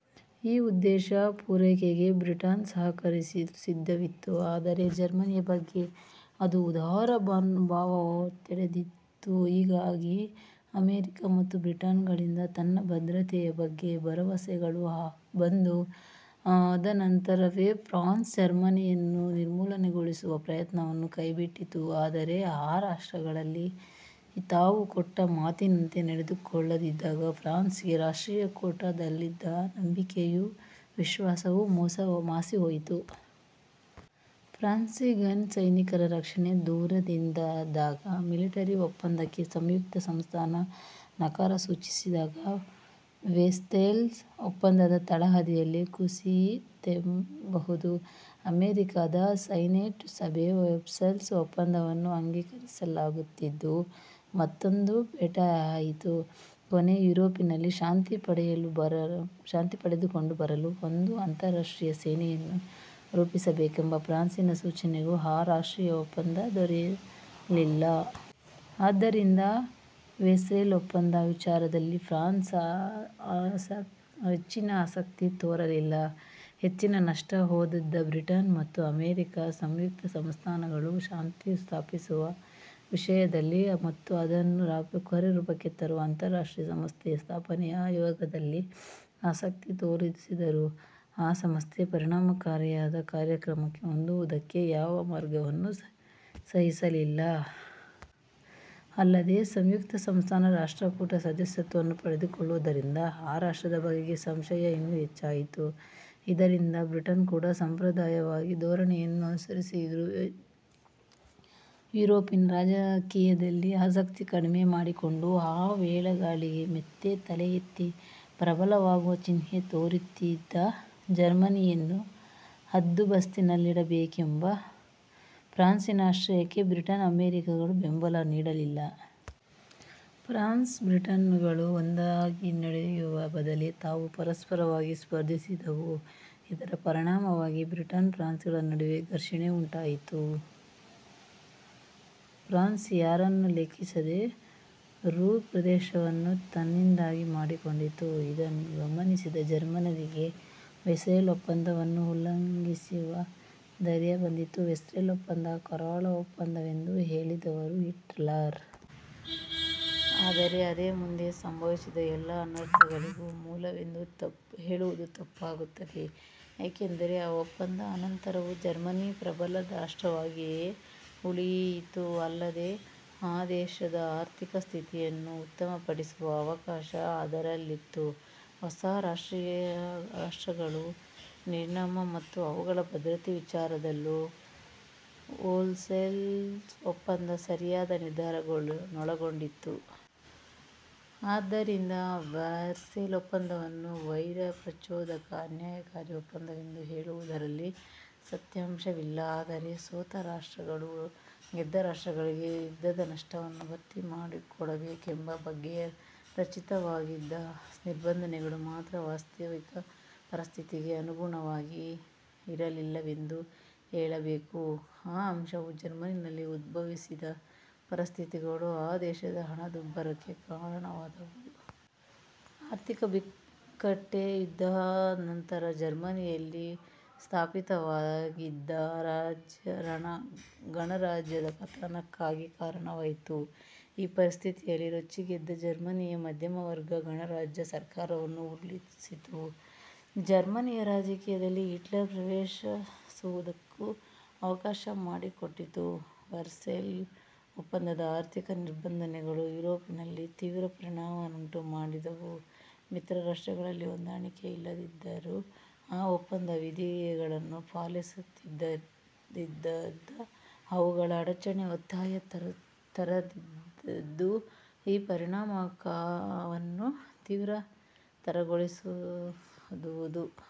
ಆ ಉದ್ದೇಶದ ಪುರೈಕೆಗೆ ಬ್ರಿಟನ್ನೂ ಸಹಕರಿಸಲು ಸಿದ್ಧವಿತ್ತು. ಆದರೆ ಜರ್ಮನಿಯ ಬಗ್ಗೆ ಅದು ಉದಾರಭಾವ ತಳೆದಿತ್ತು. ಹೀಗಾಗಿ ಅಮೆರಿಕ ಮತ್ತು ಬ್ರಿಟನ್ನುಗಳಿಂದ ತನ್ನ ಭದ್ರತೆಯ ಬಗ್ಗೆ ಭರವಸೆಗಳು ಬಂದ ಅನಂತರವೇ ಫ್ರಾನ್ಸ್ ಜರ್ಮನಿಯನ್ನು ನಿರ್ಮೂಲಗೊಳಿಸುವ ಪ್ರಯತ್ನವನ್ನು ಕೈ ಬಿಟ್ಟಿತು. ಆದರೆ ಆ ರಾಷ್ಟ್ರಗಳು ತಾವು ಕೊಟ್ಟ ಮಾತಿನಂತೆ ನಡೆದುಕೊಳ್ಳದಿದ್ದಾಗ ಫ್ರಾನ್ಸ್ ಗೆ ರಾಷ್ಟ್ರ ಕೂಟದಲ್ಲಿದ್ದ ನಂಬಿಕೆಯೂ ವಿಶ್ವಾಸವು ಮಾಸಿಹೋಯಿತು. ಫ್ರಾನ್ಸ್ಗೆ ಸೈನಿಕ ರಕ್ಷಣೆ ದೊರೆಯದಿದ್ದಾಗ, ಮಿಲಿಟರಿ ಒಪಂದಕ್ಕೆ ಸಂಯುಕ್ತ ಸಂಸ್ಥಾನ ನಕಾರ ಸೂಚಿಸಿದಾಗ, ವರ್ಸೇಲ್ಸ್, ಒಪ್ಪಂದದ ತಳಹದಿಯೇ ಕುಸಿಯಿತೆನ್ನಬಹುದು. ಅಮೆರಿಕದ ಸೆನೆಟ್ ಸಭೆ ವರ್ಸೇಲ್ಸ್ ಒಪ್ಪಂದವನ್ನು ಅಂಗೀಕರಿಸದಿದ್ದುದು ಮತ್ತೊಂದು ಪೆಟ್ಟಾಯಿತು. ಕೊನೆಗೆ ಯುರೋಪಿನಲ್ಲಿ ಶಾಂತಿ ಕಾಪಾಡಿಕೊಂಡು ಬರಲು ಒಂದು ಅಂತಾರಾಷ್ಟ್ರೀಯ ಸೇನೆಯನ್ನು ರೂಪಿಸಬೇಕೆಂಬ ಫ್ರಾನ್ಸಿನ ಸೂಚನೆಗೂ ಆ ರಾಷ್ಟ್ರಗಳ ಒಪ್ಪಿಗೆ ದೊರೆಯಲಿಲ್ಲ. ಆದ್ದರಿಂದ ವರ್ಸೇಲ್ಸ್ ಒಪ್ಪಂದದ ವಿಚಾರದಲ್ಲಿ ಫ್ರಾನ್ಸ್ ಹೆಚ್ಚಿನ ಆಸಕ್ತಿ ತೋರಿಸಲಿಲ್ಲ. ಹೆಚ್ಚಿನ ನಷ್ಟ ಹೊಂದದ ಬ್ರಿಟನ್ ಮತ್ತು ಅಮೆರಿಕ ಸಂಯುಕ್ತ ಸಂಸ್ಥಾನ ಗಳು ಶಾಂತಿ ಸ್ಥಾಪಿಸುವ ವಿಷಯದಲ್ಲಿ ಮತ್ತು ಅದನ್ನು ಕಾರ್ಯರೂಪಕ್ಕೆ ತರುವ ಅಂತಾರಾಷ್ಟ್ರೀಯ ಸಂಸ್ಥೆಯ ಸ್ಥಾಪನೆಯ ಯೋಜನೆಯಲ್ಲಿ ಆಸಕ್ತಿ ತೋರಿಸಿದರೂ ಆ ಸಂಸ್ಥೆ ಪರಿಣಾಮಕಾರಿಯಾದ ಕಾರ್ಯಕ್ರಮ ಹೊಂದುವುದಕ್ಕೆ ಯಾವ ಮಾರ್ಗವನ್ನೂ ಸೂಚಿಸಲಿಲ್ಲ. ಅಲ್ಲದೆ ಸಂಯುಕ್ತಸಂಸ್ಥಾನ ರಾಷ್ಟ್ರಕೂಟದ ಸದಸ್ಯತ್ವವನ್ನೂ ಪಡೆಯದಿದ್ದುದರಿಂದ ಆ ರಾಷ್ಟ್ರದ ಬಗೆಗೆ ಸಂಶಯ ಇನ್ನೂ ಹೆಚ್ಚಾಯಿತು. ಇದರಿಂದ ಬ್ರಿಟನ್ ಕೂಡ ಸಂಪ್ರದಾಯವಾದಿ ಧೋರಣೆಯನ್ನೇ ಅನುಸರಿಸಿ ಯುರೋಪಿನ ರಾಜಕೀಯದಲ್ಲಿ ಆಸಕ್ತಿ ಕಡಿಮೆ ಮಾಡಿಕೊಂಡಿತು. ಆ ವೇಳೆಗಾಗಲೇ ಮತ್ತೆ ತಲೆಯೆತ್ತಿ ಪ್ರಬಲವಾಗುವ ಚಿಹ್ನೆ ತೋರುತ್ತಿದ್ದ ಜರ್ಮನಿಯನ್ನು ಹದ್ದುಬಸ್ತಿನಲ್ಲಿಡಬೇಕೆಂಬ ಫ್ರಾನ್ಸಿನ ಆಶಯಕ್ಕೆ ಬ್ರಿಟನ್ ಅಮೆರಿಕಗಳು ಬೆಂಬಲ ನೀಡಲಿಲ್ಲ. ಫ್ರಾನ್ಸ್ ಬ್ರಿಟನ್ಗಳು ಒಂದಾಗಿ ನಡೆಯುವ ಬದಲು ತಾವೇ ಪರಸ್ಪರವಾಗಿ ಸ್ಪರ್ಧಿಸಿದುವು. ಇದರ ಪರಿಣಾಮವಾಗಿ ಬ್ರಿಟನ್ ಫ್ರಾನ್ಸ್ಗಳ ನಡುವೆ ಘರ್ಷಣೆ ಉಂಟಾಯಿತು. ಫ್ರಾನ್ಸ್ ಯಾರನ್ನೂ ಲೆಕ್ಕಿಸಿದೆ ರೂರ್ ಪ್ರದೇಶವನ್ನು ತನ್ನದನ್ನಾಗಿ ಮಾಡಿಕೊಂಡಿತು. ಇದನ್ನು ಗಮನಿಸಿದ ಜರ್ಮನಿಗೆ ವರ್ಸೇಲ್ಸ್ ಒಪ್ಪಂದವನ್ನು ಉಲ್ಲಂಘಿಸುವ ಧ್ಯೆರ್ಯ ಬಂದಿತು. ವರ್ಸೇಲ್ಸ್ ಒಪ್ಪಂದ ಕರಾಳ ಒಪ್ಪಂದವೆಂದು ಹೇಳಿದವನು ಹಿಟ್ಲರ್. ಆದರೆ ಅದೇ ಮುಂದೆ ಸಂಭವಿಸಿದ ಎಲ್ಲ ಅನರ್ಥಗಳಿಗೂ ಮೂಲವೆಂದು ಹೇಳುವುದು ತಪ್ಪಾಗುತ್ತದೆ. ಏಕೆಂದರೆ ಆ ಒಪ್ಪಂದದ ಅನಂತರವೂ ಜರ್ಮನಿ ಪ್ರಬಲ ರಾಷ್ಟ್ರವಾಗಿಯೇ ಉಳಿಯಿತು. ಅಲ್ಲದೆ ಆ ದೇಶದ ಆರ್ಥಿಕ ಸ್ಥಿತಿಯನ್ನು ಉತ್ತಮಪಡಿಸುವ ಅವಕಾಶ ಅದರಲ್ಲಿತ್ತು. ಹೊಸ ರಾಷ್ಟ್ರಗಳ ನಿರ್ಮಾಣ ಮತ್ತು ಅವುಗಳ ಭದ್ರತೆಯ ವಿಚಾರದಲ್ಲೂ ವರ್ಸೇಲ್ಸ್ ಒಪ್ಪಂದ ಸರಿಯಾದ ನಿರ್ಧಾರಗಳನ್ನೊಳಗೊಂಡಿತ್ತು. ಆದ್ದರಿಂದ ವರ್ಸೇಲ್ಸ್ ಒಪ್ಪಂದವನ್ನು ವೈರ ಪ್ರಚೋದಕ ಅನ್ಯಾಯಕಾರಿ ಒಪ್ಪಂದವೆಂದು ಹೇಳುವುದರಲ್ಲಿ ಸತ್ಯಾಂಶವಿಲ್ಲ. ಆದರೆ ಸೋತ ರಾಷ್ಟ್ರಗಳು ಗೆದ್ದ ರಾಷ್ಟ್ರಗಳಿಗೆ ಯುದ್ಧದ ನಷ್ಟವನ್ನು ಭರ್ತಿಮಾಡಿಕೊಡಬೇಕೆಂಬ ಬಗ್ಗೆ ರಚಿತವಾಗಿದ್ದ ನಿಬಂಧನೆಗಳು ಮಾತ್ರ ವಾಸ್ತವಿಕ ಪರಿಸ್ಥಿತಿಗೆ ಅನುಗುಣವಾಗಿ ಇರಲಿಲ್ಲವೆಂದು ಹೇಳಲೇಬೇಕು. ಈ ಅಂಶವೂ ಜರ್ಮನಿಯಲ್ಲೇ ಉದ್ಭವಿಸಿದ ಪರಿಸ್ಥಿತಿಗಳೂ ಆ ದೇಶದ ಹಣದುಬ್ಬರಕ್ಕೆ ಕಾರಣವಾದುವು. ಈ ಆರ್ಥಿಕ ಬಿಕ್ಕಟ್ಟೇ ಯುದ್ಧಾನಂತರ ಜರ್ಮನಿಯಲ್ಲಿ ಸ್ಥಾಪಿತವಾಗಿದ್ದ ಗಣರಾಜ್ಯದ ಪತನಕ್ಕೂ ಕಾರಣವಾಯಿತು. ಈ ಪರಿಸ್ಥಿತಿಯಿಂದ ರೊಚ್ಚಿಗೆದ್ದ ಜರ್ಮನಿಯ ಮಧ್ಯಮವರ್ಗ ಗಣರಾಜ್ಯ ಸರ್ಕಾರವನ್ನು ಉರುಳಿಸಿ, ಜರ್ಮನಿಯ ರಾಜಕೀಯದಲ್ಲಿ ಹಿಟ್ಲರ್ ಪ್ರವೇಶಿಸುವುದಕ್ಕೂ ಅವಕಾಶಮಾಡಿಕೊಟ್ಟಿತು. ವರ್ಸೇಲ್ಸ್ ಒಪ್ಪಂದದ ಆರ್ಥಿಕ ನಿಬಂಧನೆಗಳು ಯುರೋಪಿನಲ್ಲಿ ತೀವ್ರ ಪರಿಣಾಮವನ್ನುಂಟುಮಾಡಿದುವು. ಮಿತ್ರರಾಷ್ಟ್ರಗಳಲ್ಲಿ ಹೊಂದಾಣಿಕೆಯಿಲ್ಲದ್ದೂ ಆ ಒಪ್ಪಂದದ ವಿಧಿಗಳನ್ನು ಪಾಲಿಸದಿದ್ದದ್ದೂ ಅವುಗಳ ಆಚರಣೆಗೆ ಒತ್ತಾಯ ತರದಿದ್ದದ್ದೂ ಈ ಪರಿಣಾಮವನ್ನು ತೀವ್ರತರಗೊಳಿಸಿದುವು.